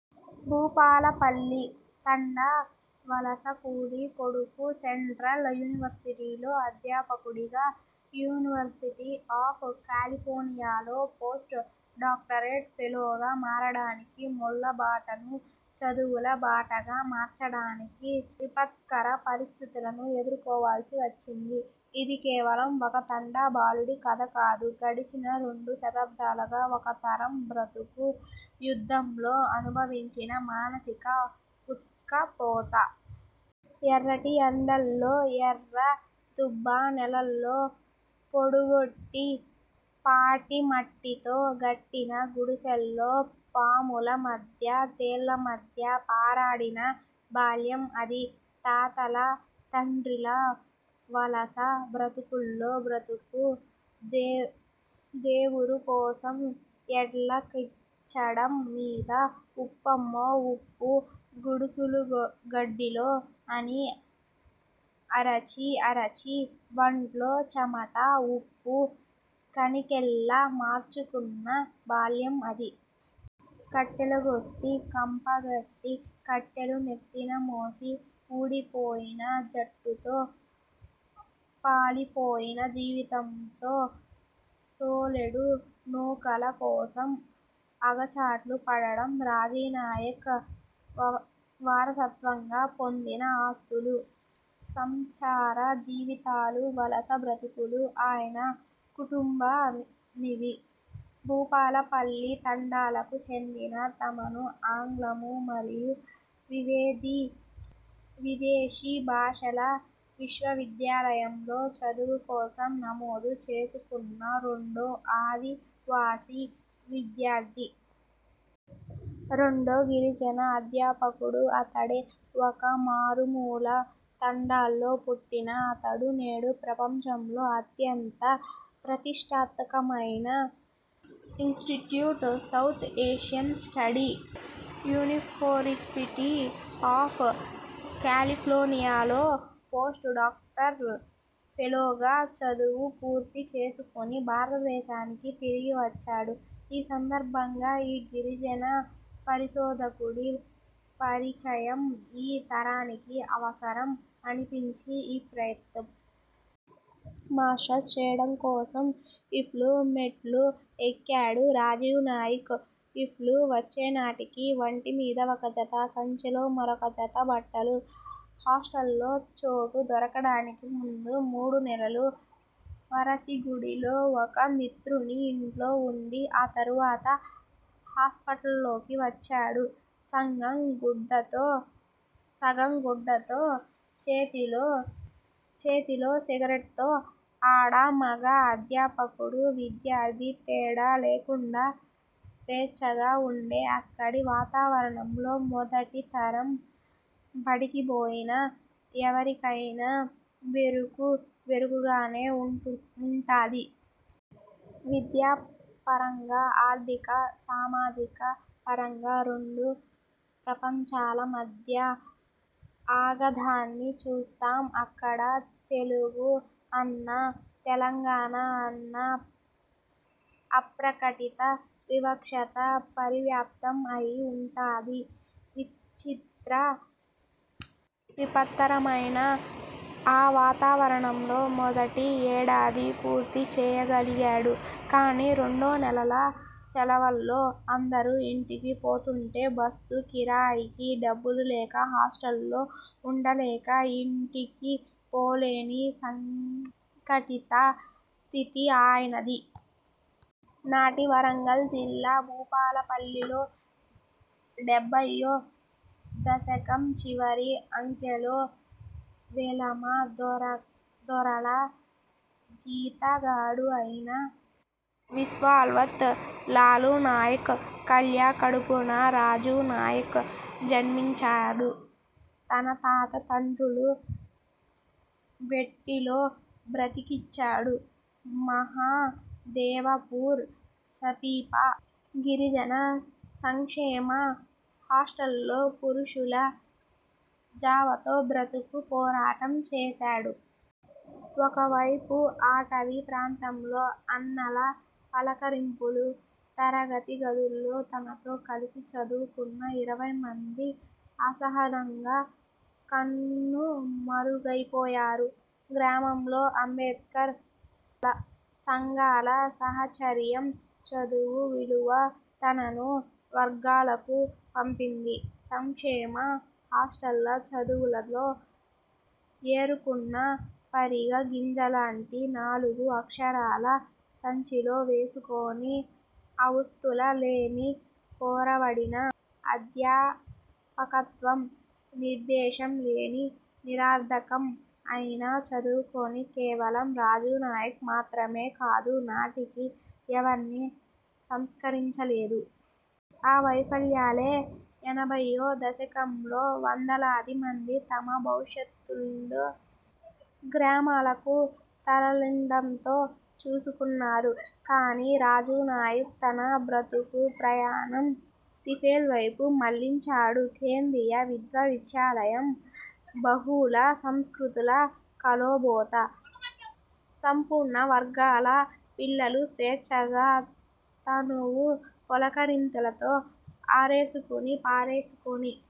భూపాలపల్లి తండా వలస కూలీ కొడుకు సెంట్రల్ యూనివర్సిటీలో అధ్యాపకుడిగా, యూనివర్సిటీ ఆఫ్ కాలిఫోర్నియాలో పోస్ట్ డాక్టోరల్ ఫెలోగా మారడానికి, ముళ్ళ బాటను చదువుల బాటగా మార్చడానికి విపత్కర పరిస్థితులను ఎదుర్కోవాల్సి వచ్చింది. ఇది కేవలం ఒక తండా బాలుడి కథ కాదు. గడిచిన రెండు దశాబ్దాలుగా ఒక తరం బ్రతుకు యుద్ధంలో అనుభవించిన మానసిక ఉక్కపోత. ఎర్రటి ఎండల్లో ఎర్రదుబ్బ నెలల్లో పోడుగొట్టి, పాటిమట్టితో గట్టిన గుడిసెలో పాముల మధ్య తేళ్ళ మధ్య పారాడిన బాల్యం అది. తాతల తండ్రుల వలస బతుకుల్లో బ్రతుకు దె దెరువు కోసం ఎడ్ల కచ్చడం మీద ఉప్పమ్మా, ఉప్పో, గెనుసుగడ్డలో అని అరచీ అరచీ వంట్లో చమట ఉప్పు కనికెల్లా మార్చుకున్న బాల్యం అది. కట్టెలుగొట్టి, కంపగొట్టి, కట్టెలు నెత్తిన మోసి ఊడిపోయిన జట్టుతో పాలి పోయిన జీవితంతో సోలెడు నూకల కోసం అగచాట్లు పడటం రాజూనాయక్ వ వారసత్వంగా పొందిన ఆస్తులు. సంచార జీవితాలు, వలస బ్రతుకులు ఆయన కుటుంబానివి. భూపాలపల్లి తండాలకు చెందిన తమను ఆంగ్లమూ మరియు వివేది విదేశీ భాషల విశ్వవిద్యాలయం లో చదువు కోసం నమోదు చేసుకున్న రెండో ఆదివాసీ విద్యార్థి. రెండో గిరిజన అధ్యాపకుడూ అతడే. ఒక మారుమూల తండాలో పుట్టిన అతడు నేడు ప్రపంచంలో అత్యంత ప్రతిష్టాత్మకమైన institute for South Asian study, university of కాలిఫోర్నియాలో పోస్ట్ డాక్టోరల్ ఫెలోగా చదువు పూర్తి చేసుకొని భారతదేశానికి తిరిగి వచ్చాడు. ఈ సందర్భంగా ఆ గిరిజన పరిశోధకుడి పరిచయం ఈ తరానికి అవసరం అనిపించి ఈ ప్రయత్నం. మాస్టర్స్ చేయడం కోసం ఇఫ్లూ మెట్లు ఎక్కాడు రాజూనాయక్. ఇఫ్లూ వచ్చేనాటికి ఒంటి మీద ఒక జత, సంచిలో మరొక జత బట్టలు. హాస్టల్లో చోటు దొరకడానికి ముందు మూడునెలలు వారాసిగూడిలో ఒక మిత్రుని ఇంట్లో ఉండి ఆ తర్వాత హాస్పిటల్లోకి వచ్చాడు. సంగం గుడ్డతో సగం గుడ్డలతో, చేతిలో సిగరెట్తో ఆడా మగా, అధ్యాపకుడూ, విద్యార్థి తేడా లేకుండా స్వేచ్ఛగా ఉండే అక్కడి వాతావరణంలో మొదటి తరం బడికిపోయిన ఎవరికయిన బెరుకు బెరుకుగానే ఉంటుం ఉంటాది. విద్యపరంగా, ఆర్థిక సామాజిక పరంగా రెండు ప్రపంచాల మధ్య ఆగథాన్ని చూస్తాం అక్కడ. తెలుగు అన్నా, తెలంగాణ అన్నా అప్రకటిత వివక్ష పరివ్యాప్తం అయి ఉంటాది. విచిత్ర విపత్కరమైన ఆ వాతావరణంలో మొదటి ఏడాది పూర్తి చేయగలిగాడు కానీ రెండు నెలల సెలవుల్లో అందరూ ఇంటికి పోతుంటే బస్సు కిరాయికి డబ్బులు లేక హాస్టల్లో ఉండలేక ఇంటికి పోలేని సంకటిత స్థితి ఆయనది. నాటి వరంగల్ జిల్లా భూపాలపల్లిలో డెబ్బయ్యో దశకం చివరి అంకలో వెలమ దొరల జీతగాడు అయిన విస్లావత్ లాలూ నాయక్, కల్యా కడుపున రాజూ నాయక్ జన్మించాడు. తన తాత తండ్రులు వెట్టిలో బ్రతుకీడ్చారు. మహదేవపూర్ సమీప గిరిజన సంక్షేమ హాస్టల్లో పురుగుల జావతో బతుకు పోరాటం చేశాడు. ఒకవైపు అటవీ ప్రాంతంలో అన్నల పలకరింపులు. తరగతి గదిలో తనతో కలిసి చదువుకొన్న ఇరవై మంది అసహజంగా కనుమరుగయ్యారు. గ్రామంలో అంబేడ్కర్ సంఘాల సహచర్యం చదువు విలువ తనను వర్గాలకు పంపింది. సంక్షేమ హాస్టళ్ళ చదువులలో ఏరుకున్న పరిగ గింజల్లాంటి నాలుగు అక్షరాల సంచిలో వేసుకొని అవుస్తుల లేమి, కొరవడిన అధ్యాపకత్వం, నిర్దేశం లేని నిరర్ధకం అయిన చదువు కొని కేవలం రాజూ నాయక్ మాత్రమే కాదు నాటికి ఎవరినీ సంస్కరించలేదు. ఆ వైఫల్యాలే ఎనభయ్యో దశకంలో వందలాది మంది తమ భవిష్యత్ను గ్రామాలకు తరలండిలో చూసుకున్నారు. కానీ రాజూ నాయక్ తన బ్రతుకు ప్రయాణం సీఫెల్ వైపు మళ్ళించాడు. కేంద్రీయ విశ్వవిద్యాలయం బహుళ సంస్కృతుల కలబోత. సంపన్న వర్గాల పిల్లలు స్వేచ్ఛగా తనువు పులకింతలతో అరేసుకొని పారేసుకొని,